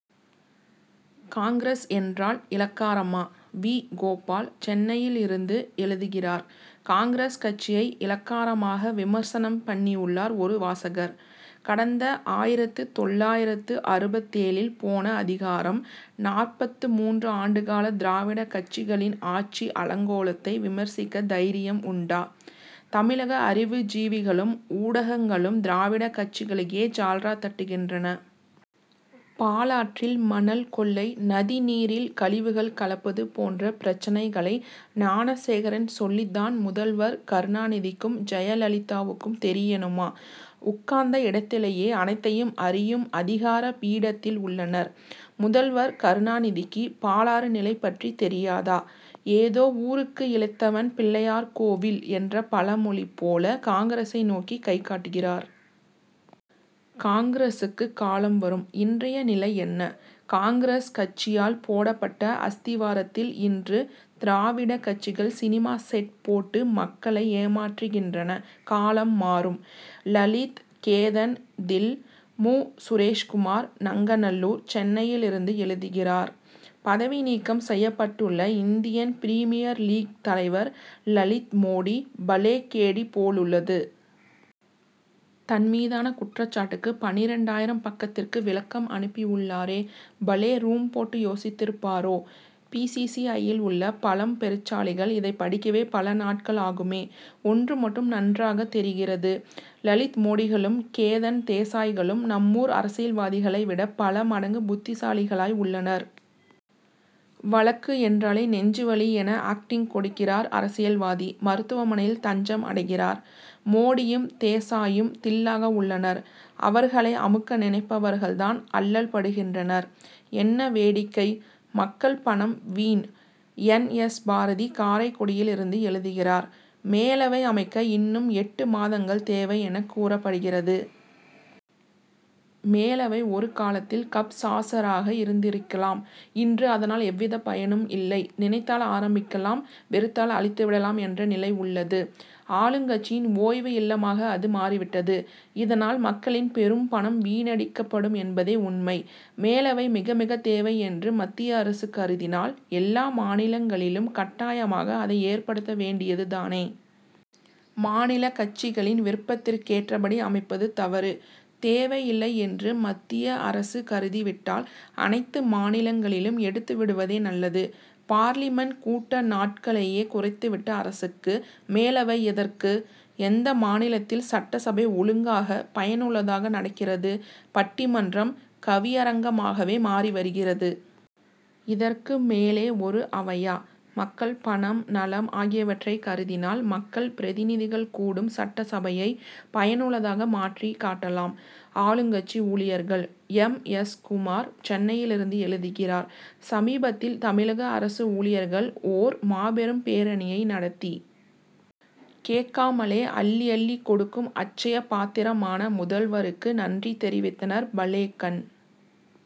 காங்கிரஸ் என்றால் இளக்காரமா? வி. கோபால், சென்னையிலிருந்து எழுதுகிறார் காங்கிரஸ் கட்சியை இளக்காரமாக, விமர்சனம் பண்ணியுள்ளார் ஒரு வாசகர். கடந்த ஆயிரத்து தொள்ளாயிரத்து அறுபத்தேழில் போன அதிகாரம், நாற்பத்து மூன்று ஆண்டுகால திராவிட கட்சிகளின் ஆட்சி அலங்கோலத்தை விமர்சிக்க தைரியம் உண்டா? தமிழக அறிவு ஜீவிகளும், ஊடகங்களும், திராவிடக் கட்சிகளுக்கே ஜால்ரா தட்டுகின்றன. பாலாற்றில் மணல் கொள்ளை, நதி நீரில் கழிவுகள் கலப்பது போன்ற பிரச்னைகளை ஞானசேகரன் சொல்லித் தான், முதல்வர் கருணாநிதிக்கும், ஜெயலலிதாவுக்கும் தெரியணுமா? உட்கார்ந்த இடத்திலேயே, அனைத்தையும் அறியும் அதிகார பீடத்தில் உள்ளனர். முதல்வர் கருணாநிதிக்கு, பாலாறு நிலை பற்றி தெரியாதா? ஏதோ ஊருக்கு இளைத்தவன் பிள்ளையார் கோவில் என்ற பழமொழி போல, காங்கிரசை நோக்கி கை காட்டுகிறார். காங்கிரசுக்கு காலம் வரும். இன்றைய நிலை என்ன? காங்கிரஸ் கட்சியால் போடப்பட்ட அஸ்திவாரத்தில், இன்று திராவிடக் கட்சிகள் சினிமா செட் போட்டு, மக்களை ஏமாற்றுகின்றன காலம்மாறும். லலித், கேதன் தில்! மு. சுரேஷ்குமார், நங்கநல்லூர், சென்னையிலிருந்து எழுதுகிறார் பதவி நீக்கம் செய்யப்பட்டுள்ள இந்தியன் பிரிமியர் லீக் தலைவர் லலித்மோடி, பலேகேடி போலுள்ளது. தன் மீதான குற்றச்சாட்டுக்கு பன்னிரண்டாயிரம் பக்கத்திற்கு விளக்கம் அனுப்பியுள் ளாரே. பலேரூம் போட்டு யோசித்திருப்பாரோ? பி. சி. சி. ஐ.யில் உள்ள பழம் பெருச்சாளிகள் இதைப் படிக்கவே பல நாட்கள் ஆகுமே. ஒன்று மட்டும் நன்றாகத் தெரிகிறது. லலித் மோடிகளும், கேதன் தேசாய்களும், நம்மூர் அரசியல்வாதிகளை விட, பல மடங்கு புத்திசாலிகளாய் உள்ளனர். வழக்கு என்றால் நெஞ்சு வலி என ஆக்டிங் கொடுக்கிறார் அரசியல்வாதி; மருத்துவமனையில் தஞ்சம் அடைகிறார். மோடியும், தேசாயும், தில்'லாக உள்ளனர். அவர் களை அமுக்க நினைப்பவர்கள் தான் அல்லல்படுகின்றனர். என்ன வேடிக்கை? மக்கள் பணம் வீண்! என். எஸ். பாரதி, காரைக்குடியிலிருந்து எழுதுகிறார் மேலவை அமைக்க இன்னும் எட்டு மாதங்கள் தேவை' என கூறப்படுகிறது. மேலவை ஒரு காலத் தில், கப் சாசராக இருந்திருக்கலாம். இன்று, அதனால் எவ்விதப் பயனுமில்லை. நினைத்தால் ஆரம்பிக்கலாம்; வெறுத்தால் அழித்து விடலாம் என்ற நிலை உள்ளது. ஆளுங்கட்சியின் ஓய்வு இல்லமாக அது மாறிவிட்டது. இதனால், மக்களின் பெரும் பணம் வீணடிக் கப்படும் என்பதே உண்மை. மேலவை மிகமிகத் தேவை என்று மத்திய அரசு கருதினால், எல்லா மாநிலங்களிலும் கட்டாயமாக அதை ஏற்படுத்த வேண்டியது தானே. மாநிலக் கட்சிகளின் விருப்பதிற்கேற்றபடி அமைப்பது தவறு. தேவையில்லை என்று மத்திய அரசு கருதிவிட்டால், அனைத்து மாநிலங்களிலும் எடுத்து விடுவதே நல்லது. பார்லிமென்ட் கூட்ட நாட்களையே குறைத்துவிட்ட அரசுக்கு, மேலவை எதற்கு? எந்த மாநிலத்தில் சட்டசபை ஒழுங்காக, பயனுள்ளதாக நடக்கிறது? பட்டிமன்றம், கவியரங்கமாகவே மாறி வருகிறது. இதற்கு மேலே ஒரு அவையா? மக்கள் பணம், நலம் ஆகியவற்றைக் கருதினால், மக்கள் பிரதிநிதிகள் கூடும் சட்டசபையை பயனுள்ளதாக மாற்றிக் காட்டலாம். ஆளுங்கட்சி ஊழியர்கள்! எம். எஸ். குமார், சென்னையிலிருந்து எழுதுகிறார் சமீபத்தில் தமிழக அரசு ஊழியர்கள், ஓர் மாபெரும் பேரணியை நடத்தி, கேட்காமலே அள்ளி, அள்ளிக் கொடுக்கும் அட்சய பாத்திரமான முதல்வருக்கு நன்றி தெரிவித்தனர் பலேகண்